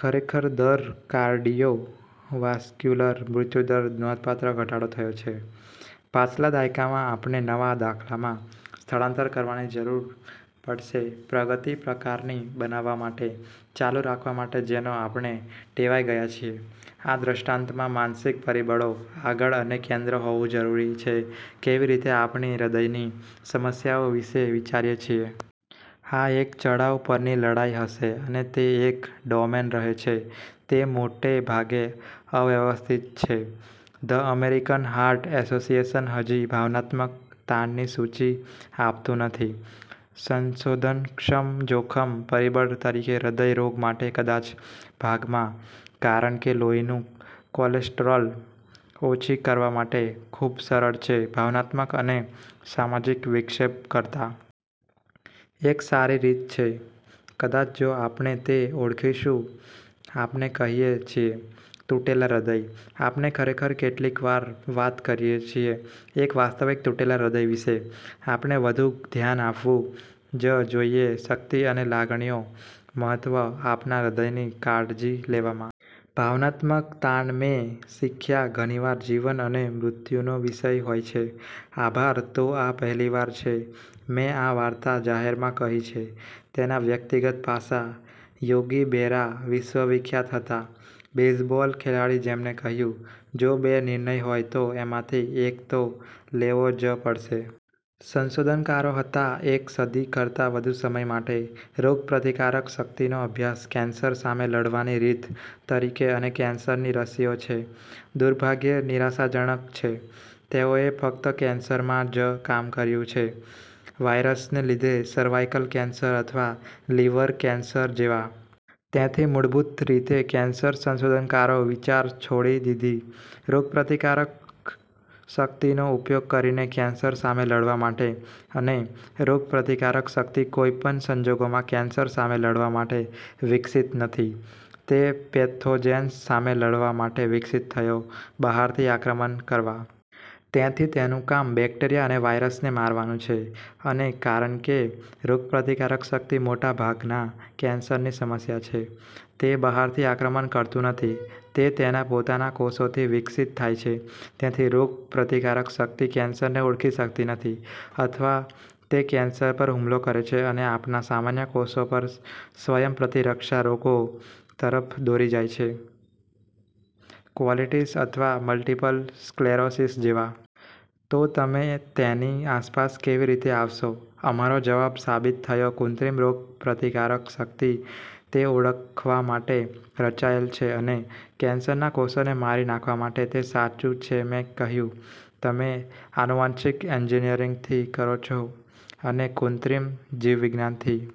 ખરેખર દર કાર્ડિયોવાસ્ક્યુલર મૃત્યુદર નોંધપાત્ર ઘટાડો થયો છે પાછલા દાયકામાં. આપણે નવા દાખલામાં સ્થળાંતર કરવાની જરૂર પડશે પ્રગતિ પ્રકારની બનાવવા માટે, ચાલુ રાખવા માટે જેનો આપણે ટેવાઈ ગયા છીએ. આ દૃષ્ટાંતમાં માનસિક પરિબળો આગળ અને કેન્દ્ર હોવું જરૂરી છે કેવી રીતે આપણે હૃદયની સમસ્યાઓ વિશે વિચારીએ છીએ. આ એક ચડાવ પરની લડાઇ હશે અને તે એક ડોમેન રહે છે તે મોટે ભાગે અવ્યવસ્થિત છે. ધ અમેરિકન હાર્ટ એસોસિએશન હજી ભાવનાત્મક તાણની સૂચિ આપતું નથી. સંશોધનક્ષમ જોખમ પરિબળ તરીકે હૃદય રોગ માટે કદાચ ભાગમાં કારણ કે લોહીનું કોલેસ્ટરોલ ઓછી કરવા માટે ખૂબ સરળ છે ભાવનાત્મક અને સામાજિક વિક્ષેપ કરતાં. એક સારી રીત છે. કદાચ જો આપણે તે ઓળખીશું આપણે કહીએ છીએ "તૂટેલા હૃદય". આપણે ખરેખર કેટલીક વાર વાત કરીએ છીએ એક વાસ્તવિક તૂટેલા હૃદય વિશે. આપણે વધુ ધ્યાન આપવું જ જોઇએ શક્તિ અને લાગણીઓ મહત્વ આપણા હૃદયની કાળજી લેવામાં. ભાવનાત્મક તાણ મેં શીખ્યા ઘણીવાર જીવન અને મૃત્યુનો વિષય હોય છે. આભાર. તો આ પહેલીવાર છે મેં આ વાર્તા જાહેરમાં કહી છે. તેના વ્યક્તિગત પાસાં. યોગી બેરા વિશ્વવિખ્યાત હતા બેઝબોલ ખેલાડી જેમણે કહ્યું, "જો બે નિર્ણય હોય તો એમાંથી એક તો લેવો જ પડશે". સંશોધનકારો હતા એક સદી કરતાં વધુ સમય માટે. રોગપ્રતિકારક શક્તિનો અભ્યાસ કેન્સર સામે લડવાની રીત તરીકે અને કેન્સરની રસીઓ છે, દુર્ભાગ્યે, નિરાશાજનક છે. તેઓએ ફક્ત કેન્સરમાં જ કામ કર્યું છે વાયરસને લીધે સર્વાઇકલ કેન્સર અથવા લીવર કેન્સર જેવા. તેથી મૂળભૂત રીતે કેન્સર સંશોધનકારો વિચાર છોડી દીધી રોગપ્રતિકારક શક્તિનો ઉપયોગ કરીને કેન્સર સામે લડવા માટે. અને રોગપ્રતિકારક શક્તિ કોઈ પણ સંજોગોમાં કેન્સર સામે લડવા માટે વિકસિત નથી. તે પેથોજેન્સ સામે લડવા માટે વિકસિત થયો બહારથી આક્રમણ કરવા. તેથી તેનું કામ બેક્ટેરિયા અને વાયરસને મારવાનું છે. અને કારણ કે રોગપ્રતિકારક શક્તિ મોટા ભાગના કેન્સરની સમસ્યા છે, તે બહારથી આક્રમણ કરતું નથી. તે તેના પોતાના કોષોથી વિકસિત થાય છે. તેથી રોગપ્રતિકારક શક્તિ કેન્સરને ઓળખી સકતી નથી અથવા તે કેન્સર પર હુમલો કરે છે અને આપણા સામાન્ય કોષો પર, સ્વયંપ્રતિરક્ષા રોગો તરફ દોરી જાય છે કોલિટીસ અથવા મલ્ટીપલ સ્ક્લેરોસિસ જેવા. તો તમે તેની આસપાસ કેવી રીતે આવશો? અમારો જવાબ સાબિત થયો કૃત્રિમ રોગપ્રતિકારક શક્તિ તે ઓળખવા માટે રચાયેલ છે અને કેન્સરના કોષોને મારી નાખવા માટે. તે સાચું છે મેં કહ્યું. તમે આનુવંશિક એન્જિનિયરિંગથી કરો છો અને કૃત્રિમ જીવવિજ્ઞાન થી.